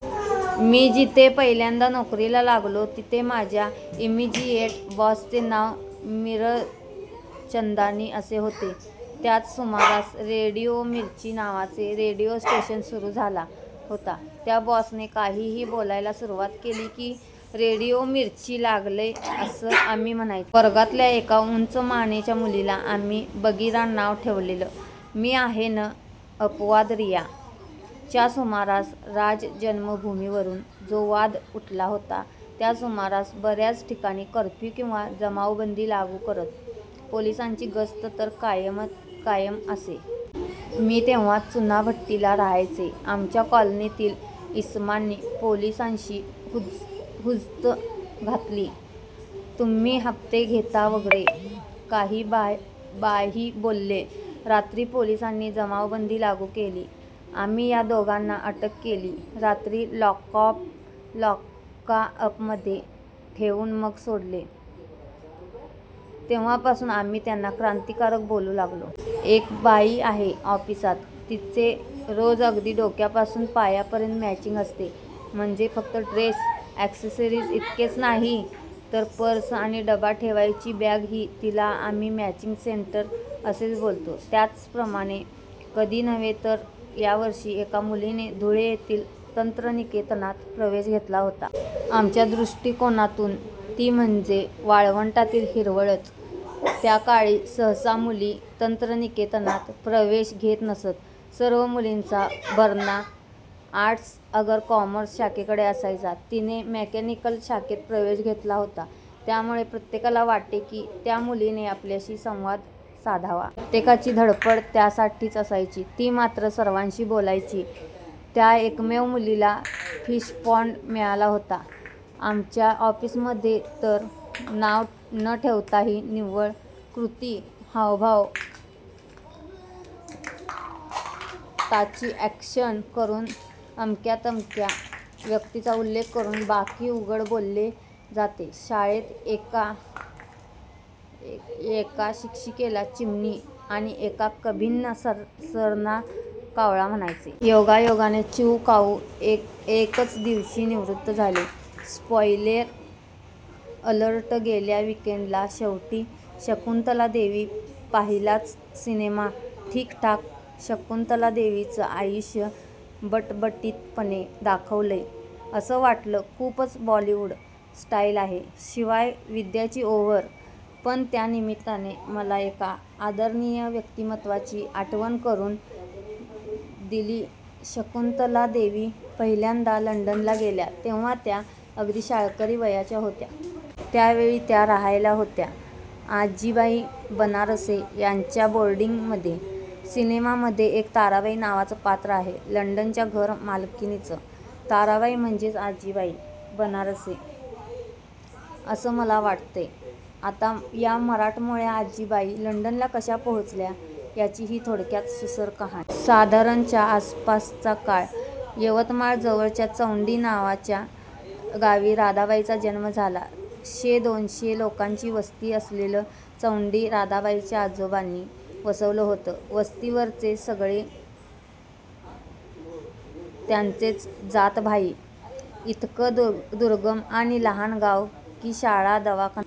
मी जिथे पहिल्यांदा नोकरीला लागलो तिथे माझ्या इमिजियेट बॉसचे नाव मिरचंदानी असे होते. त्याच सुमारास रेडिओ मिर्ची नावाचे रेडीओ स्टेशन सुरू झाला होता. त्या बॉसने काहीही बोलायला सुरवात केली की रेडिओ मिर्ची लागलंय असं आम्ही म्हणायचो. वर्गातल्या एका उंच मानेच्या मुलीला आम्ही बगीरा नाव ठेवलेलं. मी आहे न अपवाद रीया. च्या सुमारास रामजन्मभूमीवरुन जो वाद उठला होता त्या सुमारास बर्याच ठिकाणी कर्फ्यू किंवा जमावबंदी लागू करत. पोलिसांची गस्त तर कायम असे. मी तेव्हा चुनाभट्टीला रहायचे. आमच्या कॉलनीतील इसमांनी पोलिसांशी हुज्ज्त घातली, तुम्ही हप्ते घेता वगैरे काही-बाही बोलले. रात्री पोलिसांनी जमावबंदी लागू केली आणि या दोघाना अटक केली. रात्री लॉकाअपमध्ये ठेवून मग सोडले. तेव्हापासून आम्ही त्यांना क्रांतिकारक बोलू लागलो. एक बाई आहे ऑफिसात तिचे रोज अगदी डोक्यापासून पायापर्यंत मॅचिंग असते. म्हणजे फक्त ड्रेस, अॅक्सेसरीज इतकेच नाही, तर पर्स आणि डबा ठेवायची बॅगही. तिला आम्ही "मॅचिंग सेंटर" असेच बोलतो. त्याचप्रमाणे, कधी नव्हे तर त्यावर्षी, एका मुलीने, धुळे येथील तंत्रनिकेतनात, प्रवेश घेतला होता. आमच्या द्रुष्टिकोनातुन ती म्हणजे ' वाळवंटातील हिरवळच!! ' त्याकाळी सहसा मुली तंत्रनिकेतनात प्रवेश घेत नसत. सर्व मुलींचा भरणा आर्ट्स अगर कॉमर्स शाखेकडे असायचा! तीने मे़कॅनिकल शाखेत प्रवेश घेतला होता. त्यामुळे प्रत्येकाला वाटे की त्या मुलीने आपल्याशी संवाद साधावा. प्रत्येकाची धड्पड त्यासाठीच असायची. ती मात्र सर्वांशी बोलायची. त्या एकमेव मुलीला फिशपाँड मिळाला होता. "आमच्या ऑफिसमधे तर नाव न ठेवताही "निव्वळ कृती"/"हावभाव" ाताची अॅक्शन करुन अमक्यातमक्या व्यक्तीचा उल्लेख करुन बाकी उघड बोलले जातेशाळेत येका शिक्षिकेला "चिमणी" आणि येका कभिन्न सरना कावळा म्हणायचे. योगायोगाने चिवू काऊ येकच दिवशी निवृत्त झाले. स्पॉइलेर अलर्ट गेल्या वीकेंडला शेवटी शकुंतलादेवी पाहिलाच. सिनेमा ठीकठाक. शकुंतलादेवींचं आयुष्य बटबटीतपणे दाखवलंय, असं वाटलं. खूपच बॉलीवूड स्टाईल आहे. शिवाय विद्याची ओव्हर! पण त्या निमित्ताने मला एका आदरणीय व्यक्तिमत्वाची आठवण करून दिलीशकुंतला देवी पहिल्यांदा लंडनला गेल्या तेव्हा त्या अगदी शाळकरी वयाच्या होत्या. त्यावेळी त्या रहायला होत्या आजीबाई बनारसे यांच्या बोर्डिंग मध्ये. सिनेमा मध्ये एक ताराबाई नावाचं पात्र आहे लंडनच्या घर मालकिणीचं. ताराबाई म्हणजेच आजीबाई बनारसे, असं मला वाटतंय. आता या मराठमोळ्या आजीबाई लंडनला कशा पोहचल्या, याची ही थोडक्यात सुरस कहाणी. साधारण च्या आसपासचा काळ. यवतमाळ जवळच्या चौंडी नावाच्या गावी राधाबाईचा जन्म झाला. शे- दोनशे लोकांची वस्ती असलेलं चौंडी राधाबाईंच्या आजोबांनी वसवलं होतं. वस्तीवरचे सगळे त्यांचेच जातभाई. इतकं दुर्गम आणि लहान गाव की शाळा, दवाखाना